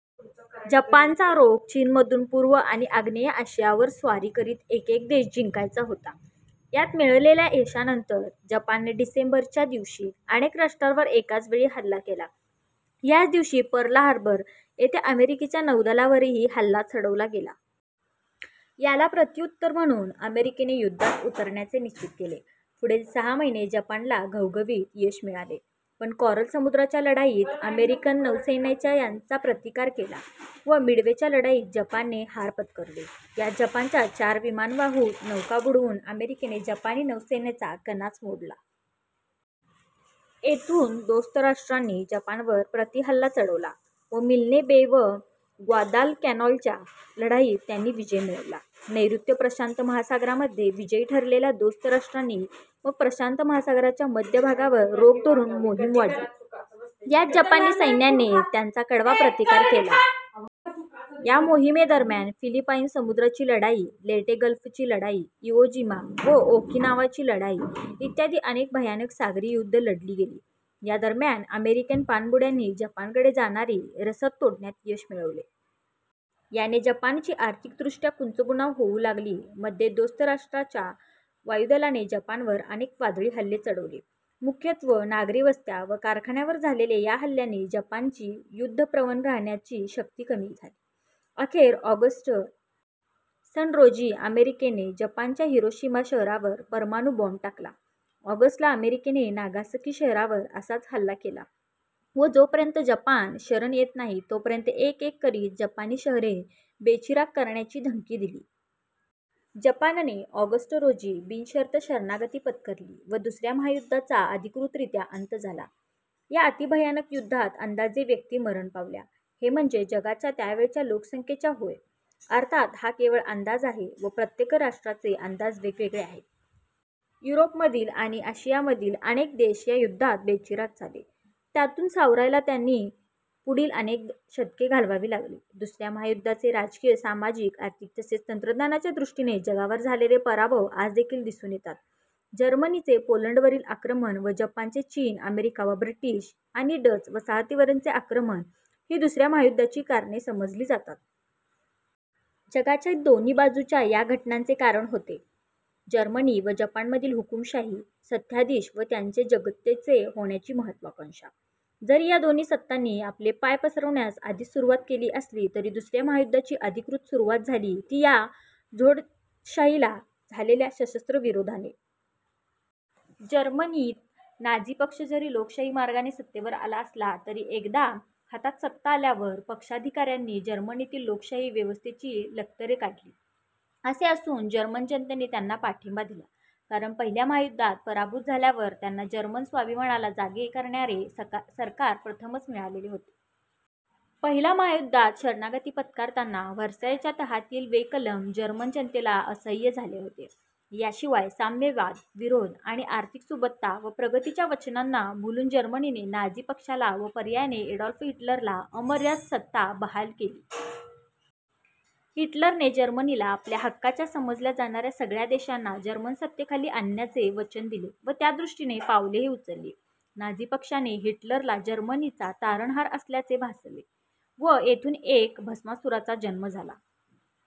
, जपानचा रोख चीनमधून पूर्व आणि आग्नेय आशियावर स्वारी करीत एकएक देश जिंकायचा होता. यात मिळालेल्या यशानंतर जपानने डिसेंबर, च्या दिवशी अनेक राष्ट्रांवर एकाच वेळी हल्ला केला. याच दिवशी पर्ल हार्बर येथे अमेरिकेच्या नौदलावरही हल्ला चढवला गेला. याला प्रत्युत्तर म्हणून अमेरिकेने युद्धात उतरण्याचे निश्चित केले. पुढील सहा महिने जपानला घवघवीत यश मिळाले पण कॉरल समुद्राच्या लढाईत अमेरिकन नौसैन्याने त्यांचा प्रतिकार केला व मिडवेच्या लढाईत जपानने हार पत्करली. यात जपानच्या चार विमानवाहू नौका बुडवून अमेरिकेने जपानी नौसैन्याचा कणाच मोडला. येथून दोस्त राष्ट्रांनी जपानवर प्रतिहल्ला चढवला व मिल्ने बे व ग्वादालकॅनालच्या लढाईत त्यांनी विजय मिळवला. नैर्ऋत्य प्रशांत महासागरातमध्ये विजयी ठरलेल्या दोस्त राष्ट्रांनी मग प्रशांत महासागराच्या मध्य भागावर रोख धरून मोहीम काढली. यात जपानी सैन्याने त्यांचा कडवा प्रतिकार केला. या मोहीमेदरम्यान फिलिपाईन समुद्राची लढाई, लेयटे गल्फची लढाई, इवो जिमा व ओकिनावाची लढाई, इ. अनेक भयानक सागरी युद्धे लढली गेली. या दरम्यान अमेरिकन पाणबुड्यांनी जपानकडे जाणारी रसद तोडण्यात यश मिळवले. याने जपानची आर्थिकदृष्ट्या कुचंबणा होऊ लागली. मध्ये दोस्त राष्ट्रांच्या वायुदलाने जपानवर अनेक वादळी हल्ले चढवले. मुख्यत्वे नागरी वस्त्या व कारखान्यांवर झालेल्या या हल्ल्यांनी जपानची युद्धप्रवण राहण्याची शक्ती कमी झाली. अखेर ऑगस्ट, इ. स. रोजी अमेरिकेने जपानच्या हिरोशिमा शहरावर परमाणु बॉम्ब टाकला. ऑगस्ट ला अमेरिकेने नागासाकी शहरावर असाच हल्ला केला व जोपर्यंत जपान शरण येत नाही तोपर्यंत एक एक करित जपानी शहरे बेचिराख करण्याची धमकी दिली. जपानने ऑगस्ट, रोजी बिनशर्त शरणागती पत्करली व दुसऱ्या महायुद्धाचा अधिकृतरीत्या अंत झाला. या अतिभयानक युद्धात अंदाजे व्यक्ती मरण पावल्या. हे म्हणजे जगाच्या त्यावेळेच्या लोकसंख्येच्या होय. अर्थात, हा केवळ अंदाज आहे व प्रत्येक राष्ट्राचे अंदाज वेगवेगळे आहेत. युरोपमधील आणि आशियामधील अनेक देश या युद्धात बेचिराख झाले. त्यातून सावरायला त्यांना पुढील अनेक दशके घालवावी लागली. दुसऱ्या महायुद्धाचे राजकीय, सामाजिक, आर्थिक तसेच तंत्रज्ञानाच्या दृष्टीने जगावर झालेले प्रभाव आजदेखील दिसून येतात. जर्मनीचे पोलंडवरील आक्रमण व जपानचे चीन, अमेरिका व ब्रिटिश आणि डच वसाहतींवरचे आक्रमण ही दुसऱ्या महायुद्धाची कारणे समजली जातात. जगाच्या दोन्ही बाजूच्या या घटनांचे कारण होते जर्मनी व जपानमधील हुकूमशाही सत्ताधीश व त्यांची जगज्जेते होण्याची महत्त्वाकांक्षा. जरी या दोन्ही सत्तांनी आपले पाय पसरवण्यास आधीच सुरुवात केली असली तरी दुसऱ्या महायुद्धाची अधिकृत सुरुवात झाली ती या झोंडशाहीला झालेल्या सशस्त्र विरोधाने. जर्मनीत नाझी पक्ष जरी लोकशाही मार्गाने सत्तेवर आला असला तरी एकदा हातात सत्ता आल्यावर पक्षाधिकाऱ्यांनी जर्मनीतील लोकशाही व्यवस्थेची लक्तरे काढली. असे असून जर्मन जनतेने त्यांना पाठिंबा दिला कारण पहिल्या महायुद्धात पराभूत झाल्यावर त्यांना जर्मन स्वाभिमानाला जागे करणारे सरकार प्रथमतःच मिळालेले होते. पहिल्या महायुद्धात शरणागती पत्करताना व्हर्सायच्या तहातील वे कलम जर्मन जनतेला असह्य झाले होते. या शिवाय साम्यवाद-विरोध आणि आर्थिक सुबत्ता व प्रगतीच्या वचनांना भुलून जर्मनीने नाझी पक्षाला व पर्यायाने एडॉल्फ हिटलरला अमर्याद सत्ता बहाल केली. हिटलरने जर्मनीला आपल्या हक्काच्या समजल्या जाणाऱ्या सगळ्या देशांना जर्मन सत्तेखाली आणण्याचे वचन दिले व त्यादृष्टीने पावलेही उचलली. नाझी पक्षाने हिटलरला जर्मनीचा तारणहार असल्याचे भासवले, व येथून एका भस्मासुराचा जन्म झाला.